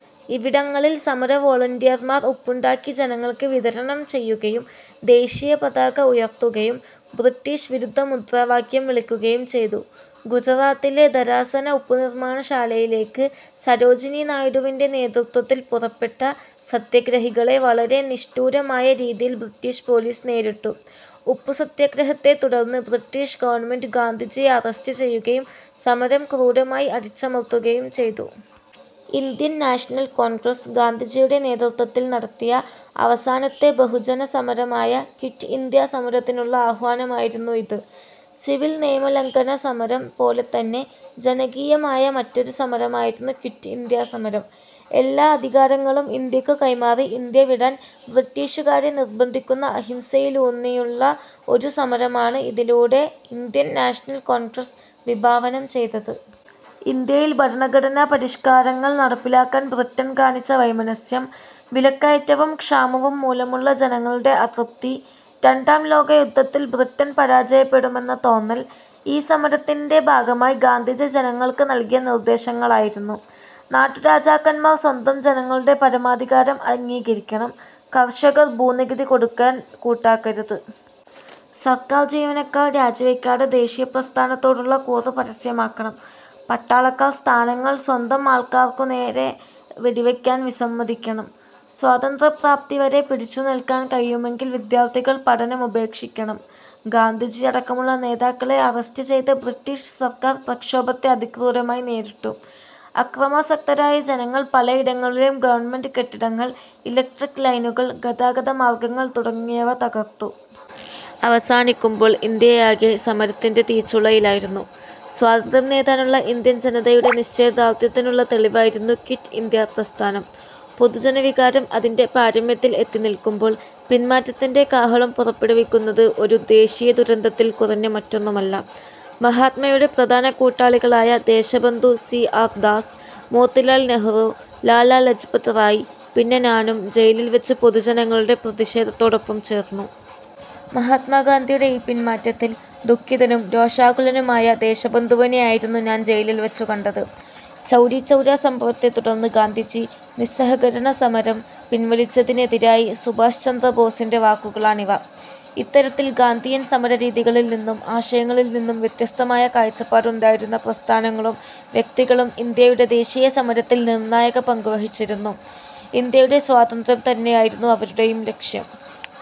ഇവിടങ്ങളിൽ സമരവോളന്റിയർമാർ ഉപ്പുണ്ടാക്കി ജനങ്ങൾക്ക് വിതരണം ചെയ്യുകയും ദേശീയപതാക ഉയർത്തുകയും ബ്രിട്ടീഷ് വിരുദ്ധ മുദ്രാവാക്യം വിളിക്കുകയും ചെയ്തു. ഗുജറാത്തിലെ ധരാസന ഉപ്പുനിർമാണശാലയിലേക്ക് സരോജിനി നായിഡുവിന്റെ നേതൃത്വത്തിൽ പുറപ്പെട്ട സത്യഗ്രഹികളെ വളരെ നിഷ്ഠൂരമായ രീതിയിൽ ബ്രിട്ടീഷ് പോലീസ് നേരിട്ടു. ഉപ്പുസത്യഗ്രഹത്തെത്തുടർന്ന് ബ്രിട്ടീഷ് ഗവൺമെന്റ് ഗാന്ധിജിയെ അറസ്റ്റ് ചെയ്യുകയും സമരം ക്രൂരമായി അടിച്ചമർത്തുകയും ചെയ്തു. ഇന്ത്യൻ നാഷണൽ കോൺഗ്രസ് ഗാന്ധിജിയുടെ നേതൃത്വത്തിൽ നടത്തിയ അവസാനത്തെ ബഹുജനസമരമായ ക്വിറ്റ് ഇന്ത്യാ സമരത്തിനുള്ള ആഹ്വാനമായിരുന്നു ഇത്. സിവിൽ നിയമലംഘന സമരം പോലെത്തന്നെ ജനകീയമായ മറ്റൊരു സമരമായിരുന്നു ക്വിറ്റ് ഇന്ത്യാ സമരം. എല്ലാ അധികാരങ്ങളും ഇന്ത്യക്കു കൈമാറി ഇന്ത്യ വിടാൻ ബ്രിട്ടീഷുകാരെ നിർബന്ധിക്കുന്ന അഹിംസയിലൂന്നിയുള്ള ഒരു സമരമാണ് ഇതിലൂടെ ഇന്ത്യൻ നാഷണൽ കോൺഗ്രസ് വിഭാവനം ചെയ്തത്. ഇന്ത്യയിൽ ഭരണഘടനാ പരിഷ്കാരങ്ങൾ നടപ്പിലാക്കാൻ ബ്രിട്ടൺ കാണിച്ച വൈമനസ്യം. വിലക്കയറ്റവും ക്ഷാമവും മൂലമുള്ള ജനങ്ങളുടെ അതൃപ്തി. രണ്ടാം ലോകയുദ്ധത്തിൽ ബ്രിട്ടൻ പരാജയപ്പെടുമെന്ന തോന്നൽ. ഈ സമരത്തിന്റെ ഭാഗമായി ഗാന്ധിജി ജനങ്ങൾക്ക് നൽകിയ നിർദേശങ്ങളായിരുന്നു. നാട്ടുരാജാക്കന്മാർ സ്വന്തം ജനങ്ങളുടെ പരമാധികാരം അംഗീകരിക്കണം. കർഷകർ ഭൂനികുതി കൊടുക്കാൻ കൂട്ടാക്കരുത്. സർക്കാർ ജീവനക്കാർ രാജിവയ്ക്കാതെ ദേശീയപ്രസ്ഥാനത്തോടുള്ള കൂറ് പരസ്യമാക്കണം. പട്ടാളക്കാർ സ്ഥാനങ്ങൾ സ്വന്തം ആൾക്കാർക്കുനേരെ വെടിവയ്ക്കാൻ വിസമ്മതിക്കണം. സ്വാതന്ത്ര്യപ്രാപ്തി വരെ പിടിച്ചു നിൽക്കാൻ കഴിയുമെങ്കിൽ വിദ്യാർഥികൾ പഠനം ഉപേക്ഷിക്കണം. ഗാന്ധിജി അടക്കമുള്ള നേതാക്കളെ അറസ്റ്റ് ചെയ്ത ബ്രിട്ടീഷ് സർക്കാർ പ്രക്ഷോഭത്തെ അതിക്രൂരമായി നേരിട്ടു. അക്രമാസക്തരായ ജനങ്ങൾ പലയിടങ്ങളിലും ഗവൺമെന്റ് കെട്ടിടങ്ങൾ, ഇലക്ട്രിക് ലൈനുകൾ, ഗതാഗത മാർഗങ്ങൾ തുടങ്ങിയവ തകർത്തു. അവസാനിക്കുമ്പോൾ ഇന്ത്യയാകെ സമരത്തിന്റെ തീച്ചൂളയിലായിരുന്നു. സ്വാതന്ത്ര്യം നേടാനുള്ള ഇന്ത്യൻ ജനതയുടെ നിശ്ചയദാർഢ്യത്തിനുള്ള തെളിവായിരുന്നു ക്വിറ്റ് ഇന്ത്യാ പ്രസ്ഥാനം. പൊതുജനവികാരം അതിന്റെ പാരമ്യത്തിൽ എത്തിനിൽക്കുമ്പോൾ പിൻമാറ്റത്തിന്റെ കാഹളം പുറപ്പെടുവിക്കുന്നത് ഒരു ദേശീയദുരന്തത്തിൽ കുറഞ്ഞ് മറ്റൊന്നുമല്ല. മഹാത്മയുടെ പ്രധാന കൂട്ടാളികളായ ദേശബന്ധു സി. ആർ. ദാസ്, മോത്തിലാൽ നെഹ്റു, ലാലാ ലജ്പത് റായ്, പിന്നെ ഞാനും ജയിലിൽ വച്ച് പൊതുജനങ്ങളുടെ പ്രതിഷേധത്തോടൊപ്പം ചേർന്നു. മഹാത്മാഗാന്ധിയുടെ ഈ പിൻമാറ്റത്തിൽ ദുഃഖിതനും രോഷാകുലനുമായ ദേശബന്ധുവിനെയായിരുന്നു ഞാൻ ജയിലിൽ വച്ചു കണ്ടത്. ചൗരിചൗര സംഭവത്തെത്തുടർന്ന് ഗാന്ധിജി നിസ്സഹകരണസമരം പിൻവലിച്ചതിനെതിരായ സുഭാഷ് ചന്ദ്രബോസിന്റെ വാക്കുകളാണിവ. ഇത്തരത്തിൽ ഗാന്ധിയൻ സമരരീതികളിൽനിന്നും ആശയങ്ങളിൽനിന്നും വ്യത്യസ്തമായ കാഴ്ചപ്പാടുണ്ടായിരുന്ന പ്രസ്ഥാനങ്ങളും വ്യക്തികളും ഇന്ത്യയുടെ ദേശീയസമരത്തിൽ നിർണായക പങ്കുവഹിച്ചിരുന്നു. ഇന്ത്യയുടെ സ്വാതന്ത്ര്യം തന്നെയായിരുന്നു അവരുടെയും ലക്ഷ്യം.